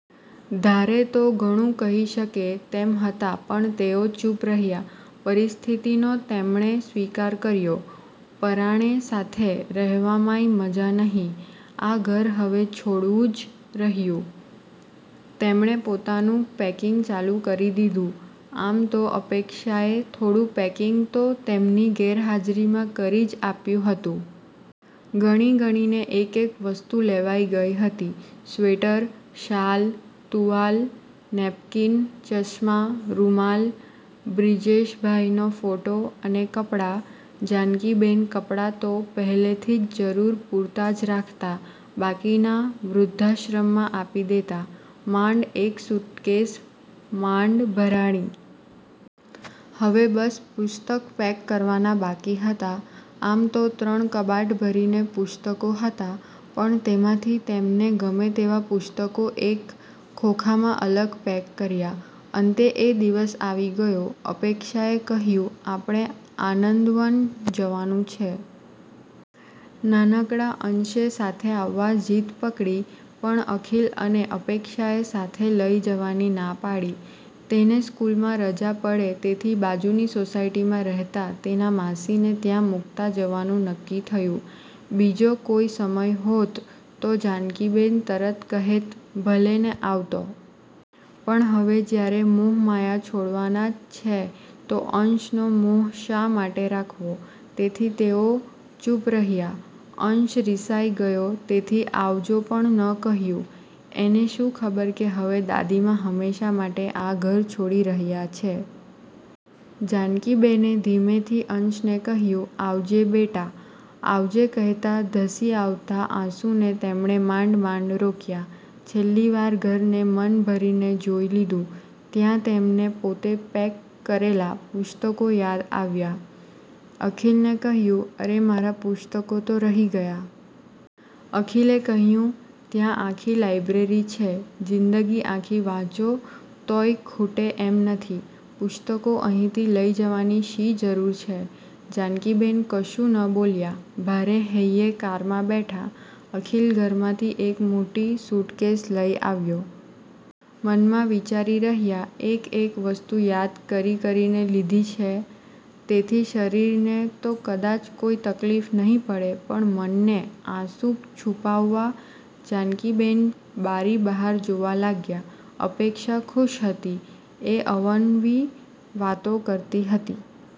ધારે તો ઘણું કહી શકે તેમ હતા પણ તેઓ ચૂપ રહ્યાં. પરિસ્થિતિનો તેમણે સ્વીકાર કર્યો. પરાણે સાથે રહેવામાંય મજા નહીં. આ ઘર હવે છોડવું જ રહ્યું. તેમણે પોતાનું પેકીંગ ચાલું કરી દીધું. આમ તો અપેક્ષાએ થોડું પેકિંગ તો તેમની ગેરહાજરીમાં કરી જ આપ્યું હતું. ગણી-ગણીને એકેક વસ્તુ લેવાઈ ગઈ હતી. સ્વેટર, શાલ, ટુવાલ, નેપકીન, ચશ્મા, રુમાલ, બ્રીજેશભાઇનો ફોટો, અને કપડાં. જાનકીબેન કપડાં તો પહેલેથી જ જરુર પૂરતા જ રાખતા, બાકીના વૃધ્ધાશ્રમમાં આપી દેતા. માંડ એક સુટ્કેશ માંડ ભરાણી. હવે બસ પુસ્તક પેક કરવાના બાકી હતા. આમ તો ત્રણ કબાટ ભરીને પુસ્તકો હતા, પણ તેમાંથી તેમને ગમે તેવા પુસ્તકો એક ખોખામાં અલગ પેક કર્યાં. અંતે એ દિવસ આવી ગયો. અપેક્ષાએ કહ્યું, "આપણે આનંદવન જવાનું છે." નાનકડા અંશેય સાથે આવવા જીદ પકડી, પણ અખિલ અને અપેક્ષાએ સાથે લઈ જવાની ના પાડી. તેને સ્કૂલમાં રજા પડે તેથી બાજુની સોસાયટીમાં રહેતા તેના માસીને ત્યાં મૂકતા જવાનું નક્કી થયું. બીજો કોઇ સમય હોત તો જાનકીબેન તરત કહેત ભલેને આવતો. પણ હવે જ્યારે મોહ માયા છોડવાના જ છે તો અંશનો મોહ શા માટે રાખવો. તેથી તેઓ ચૂપ રહ્યાં. અંશ રિસાઇ ગયો તેથી આવજો પણ ન કહ્યું. એને શું ખબર કે હવે દાદીમા હંમેશા માટે આ ઘર છોડી રહ્યાં છે. જાનકીબેને ધીમેથી અંશને કહ્યું, "આવજે બેટા." આવજે કહેતા ધસી આવતા આંસુને તેમણે માંડ-માંડ રોક્યા. છેલ્લી વાર ઘરને મન ભરી ને જોઈ લીધું. ત્યાં તેમને પોતે પેક કરેલા પુસ્તકો યાદ અવ્યા. અખિલને કહ્યું, "અરે મારા પુસ્તકો તો રહી ગયા." અખિલે કહ્યું, "ત્યાં આખી લાયબ્રેરી છે. જીંદગી આખી વાંચો તોય ખૂટે એમ નથી. પુસ્તકો અહીંથી લઇ જવાની શી જરુર છે?" જાનકીબેન કશું ન બોલ્યા, ભારે હૈયે કારમાં બેઠા. અખિલ ઘરમાંથી એક મોટી સૂટકેશ લઇ આવ્યો. મનમાં વિચારી રહ્યાં, એક-એક વસ્તુ યાદ કરી-કરીને લીધી છે, તેથી શરીરને તો કદાચ કોઈ તકલીફ નહીં પડે, પણ મનને, આંસું છૂપાવવા જાનકીબેન બારી બહાર જોવા લાગ્યા. અપેક્ષા ખુશ હતી. એ અવનવી વાતો કરતી હતી.